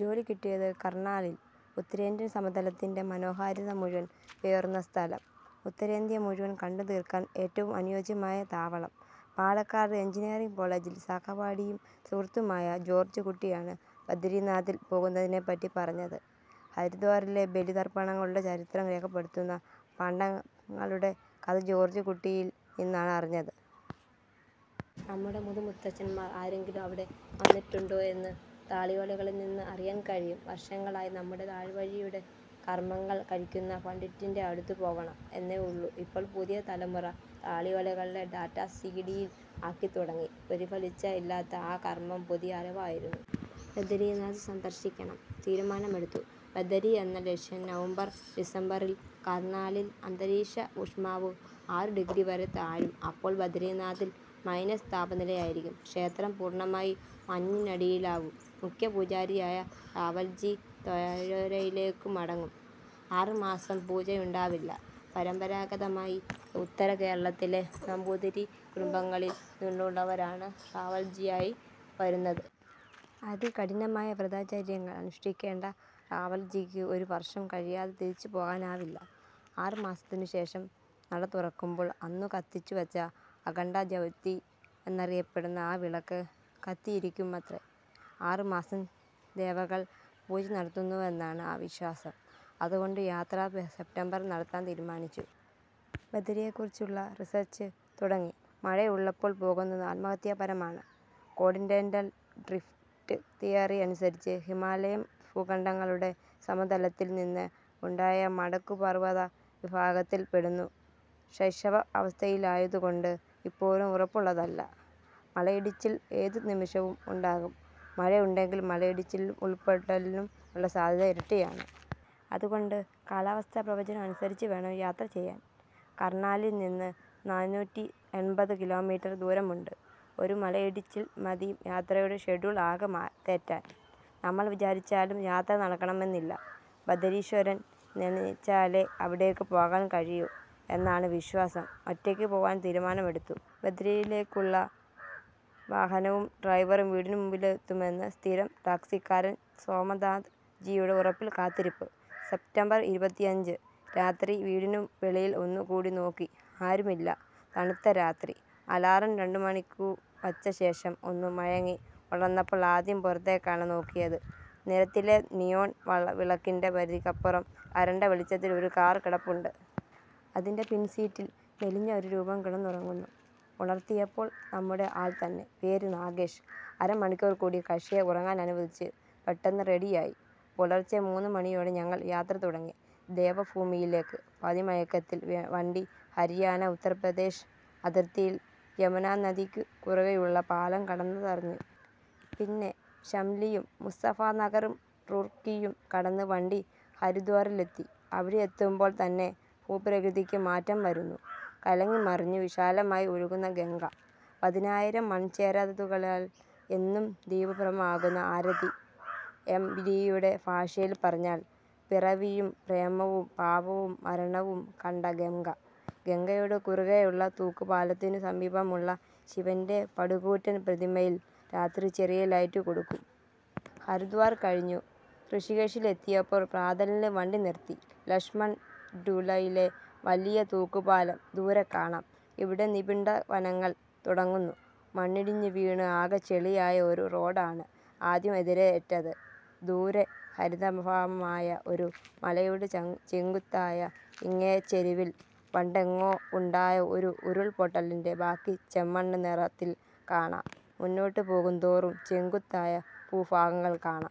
ജോലി കിട്ടിയത് കർണാലിൽ. ഉത്തരേന്ത്യൻ സമതലത്തിൻ്റെ മനോഹാരിത മുഴുവൻ പേറുന്ന സ്ഥലം. ഉത്തരേന്ത്യ മുഴുവൻ കണ്ടു തീർക്കാൻ ഏറ്റവും അനുയോജ്യമായ താവളം. പാലക്കാട് എൻജിനീയറിങ് കോളജിൽ സഹപാഠിയും സുഹൃത്തുമായ ജോർജ് കുട്ടിയാണ് ബദരിനാഥിൽ പോകുന്നതിനെപ്പറ്റി പറഞ്ഞത്. ഹരിദ്വാറിലെ ബലി തർപ്പണങ്ങളുടെ ചരിത്രം രേഖപ്പെടുത്തുന്ന പാണ്ഡകളുടെ കഥ ജോർജ് കുട്ടിയിൽ നിന്നാണ് അറിഞ്ഞത്. നമ്മുടെ മുതുമുത്തച്ഛന്മാർ ആരെങ്കിലും അവിടെ വന്നിട്ടുണ്ടോ എന്ന് താളിയോലകളിൽ നിന്ന് അറിയാൻ കഴിയും. വർഷങ്ങളായി നമ്മുടെ താവഴിയുടെ കർമങ്ങൾ കഴിക്കുന്ന പണ്ഡിറ്റിൻ്റെ അടുത്തു പോവണം എന്നേ ഉള്ളൂ. ഇപ്പോൾ പുതിയ തലമുറ താളിയോലകളിലെ ഡാറ്റാസ് സിഡിയിൽ ആക്കിത്തുടങ്ങി. പ്രതിഫലേച്ഛ ഇല്ലാത്ത ആ കർമം പുതിയ അറിവായിരുന്നു. ബദരിനാഥ് സന്ദർശിക്കണം, തീരുമാനമെടുത്തു. ബദരി എന്ന ലക്ഷ്യം നവംബർ ഡിസംബറിൽ കർനാലിൽ അന്തരീക്ഷ ഊഷ്മാവ് ആറു ഡിഗ്രി വരെ താഴും. അപ്പോൾ ബദരിനാഥിൽ മൈനസ് താപനിലയായിരിക്കും. ക്ഷേത്രം പൂർണമായി മഞ്ഞിനടിയിലാവും. മുഖ്യ പൂജാരിയായ റാവൽജി താഴ്വരയിലേക്കു മടങ്ങും. ആറുമാസം പൂജയുണ്ടാവില്ല. പരമ്പരാഗതമായി ഉത്തരകേരളത്തിലെ നമ്പൂതിരി കുടുംബങ്ങളിൽ നിന്നുള്ളവരാണ് റാവൽജിയായി വരുന്നത്. അതികഠിനമായ വ്രതചര്യകൾ അനുഷ്ഠിക്കേണ്ട റാവൽജിക്കു ഒരു വർഷം കഴിയാതെ തിരിച്ചു പോകാനാവില്ല. ആറു മാസത്തിനു ശേഷം നട തുറക്കുമ്പോൾ അന്നു കത്തിച്ചു വച്ച "അഖണ്ഡ ജ്യോതി" എന്നറിയപ്പെടുന്ന ആ വിളക്ക് കത്തിയിരിക്കുമത്രേ. ആറു മാസം ദേവകൾ പൂജ നടത്തുന്നുവെന്നാണ് വിശ്വാസം. അതുകൊണ്ട് യാത്ര സെപ്റ്റംബറിൽ നടത്താൻ തീരുമാനിച്ചു. ബദരിയെക്കുറിച്ചുള്ള റിസർച് തുടങ്ങി. മഴ ഉള്ളപ്പോൾ പോകുന്നത് ആത്മഹത്യാപരമാണ്. കോണ്ടിനെൻ്റൽ ഡ്രിഫ്റ്റ് തിയറി അനുസരിച്ച് ഹിമാലയം ഭൂഖണ്ഡങ്ങളുടെ സമാഘാതത്തിൽ നിന്ന് ഉണ്ടായ മടക്കു പർവത വിഭാഗത്തിൽ പെടുന്നു. ശൈശവ അവസ്ഥയിലായതു കൊണ്ട് ഇപ്പോഴും ഉറപ്പുള്ളതല്ല. മലയിടിച്ചിൽ ഏതു നിമിഷവും ഉണ്ടാകും. മഴ ഉണ്ടെങ്കിൽ മലയിടിച്ചിലിനും ഉരുൾപൊട്ടലിനും ഉള്ള സാധ്യത ഇരട്ടിയാണ്. അതുകൊണ്ട് കാലാവസ്ഥാ പ്രവചനം അനുസരിച്ച് വേണം യാത്ര പ്ലാൻ ചെയ്യാൻ.. കർണാലിൽ നിന്ന് നാന്നൂറ്റിഎൺപത് കിലോമീറ്റർ ദൂരമുണ്ട്. ഒരു മലയിടിച്ചിൽ മതി യാത്രയുടെ ഷെഡ്യൂൾ ആകെ തെറ്റാൻ. നമ്മൾ വിചാരിച്ചാലും യാത്ര നടക്കണമെന്നില്ല. ബദരീശ്വരൻ നിനച്ചാലെ അവിടേക്കു പോകാൻ കഴിയൂ എന്നാണു വിശ്വാസം. ഒറ്റക്കു പോവാൻ തീരുമാനമെടുത്തു. ബദരിയിലേക്കുള്ള വാഹനവും ഡ്രൈവറും വീടിനുമുമ്പിലെത്തുമെന്ന് സ്ഥിരം ടാക്സിക്കാരൻ സോമനാഥ് ജിയുടെ ഉറപ്പിൽ കാത്തിരിപ്പ്. സെപ്റ്റംബർ ഇരുപത്തിഅഞ്ച്, രാത്രി. വീടിനു വെളിയിൽ ഒന്നു കൂടി നോക്കി. ആരുമില്ല. തണുത്ത രാത്രി. അലാറം രണ്ടു മണിക്കു വച്ച ശേഷം ഒന്നു മയങ്ങി. ഉണർന്നപ്പോൾ ആദ്യം പുറത്തേക്കാണ് നോക്കിയത്. നിരത്തിലെ നിയോൺ വിളക്കിൻ്റെ പരിധിക്കപ്പുറം അരണ്ട വെളിച്ചത്തിൽ ഒരു കാർ കിടപ്പുണ്ട്. അതിൻ്റെ പിൻസീറ്റിൽ മെലിഞ്ഞ ഒരു രൂപം കിടന്നുറങ്ങുന്നു. ഉണർത്തിയപ്പോൾ നമ്മുടെ ആൾ തന്നെ. പേര് നാഗേഷ്. അര മണിക്കൂർ കൂടി കക്ഷിയെ ഉറങ്ങാനനുവദിച്ച് പെട്ടെന്ന് റെഡിയായി. പുലർച്ചെ മൂന്നു മണിയോടെ ഞങ്ങൾ യാത്ര തുടങ്ങി. ദേവഭൂമിയിലേക്ക് പാതിമയക്കത്തിൽ വണ്ടി ഹരിയാന ഉത്തരപ്രദേശ് അതിർത്തിയിൽ യമുനനദിക്കു കുറുകെയുള്ള പാലം കടന്നതറിഞ്ഞു. പിന്നെ ഷംലിയും മുസഫർനഗറും റൂർക്കിയും കടന്ന് വണ്ടി ഹരിദ്വാറിലെത്തി. അവിടെയെത്തുമ്പോൾ തന്നെ ഭൂപ്രകൃതിക്കു മാറ്റം വരുന്നു. കലങ്ങി മറിഞ്ഞു വിശാലമായി ഒഴുകുന്ന ഗംഗ. പതിനായിരം മൺചെരാതുകളാൽ എന്നും ദീപപ്രഭമാക്കുന്ന ആരതി. എം. ടിയുടെ ഭാഷയിൽ പറഞ്ഞാൽ "പിറവിയും പ്രേമവും പാപവും മരണവും കണ്ട ഗംഗ". ഗംഗയുടെ കുറുകെയുള്ള തൂക്കു പാലത്തിനു സമീപമുള്ള ശിവൻ്റെ പടുകൂറ്റൻ പ്രതിമയിൽ രാത്രി ചെറിയ ലൈറ്റ് കൊടുക്കും. ഹരിദ്വാർ കഴിഞ്ഞു ഋഷികേശിലെത്തിയപ്പോൾ പ്രാതലിന് വണ്ടി നിർത്തി. ലക്ഷ്മൺ ഝൂലയിലെ വലിയ തൂക്കുപാലം ദൂരെ കാണാം. ഇവിടെ നിബിഢവനങ്ങൾ തുടങ്ങുന്നു. മണ്ണിടിഞ്ഞു വീണ് ആകെ ചെളിയായ ഒരു റോഡാണ് ആദ്യം എതിരേറ്റത്. ദൂരെ ഹരിതാഭമായ ഒരു മലയുടെ ചെങ്കുത്തായ ഇങ്ങേച്ചെരുവിൽ പണ്ടെങ്ങോ ഉണ്ടായ ഒരു ഉരുൾ പൊട്ടലിൻ്റെ ബാക്കി ചെമ്മണ്ണ് നിറത്തിൽ കാണാം. മുന്നോട്ടു പോകുന്തോറും ചെങ്കുത്തായ ഭൂഭാഗങ്ങൾ കാണാം.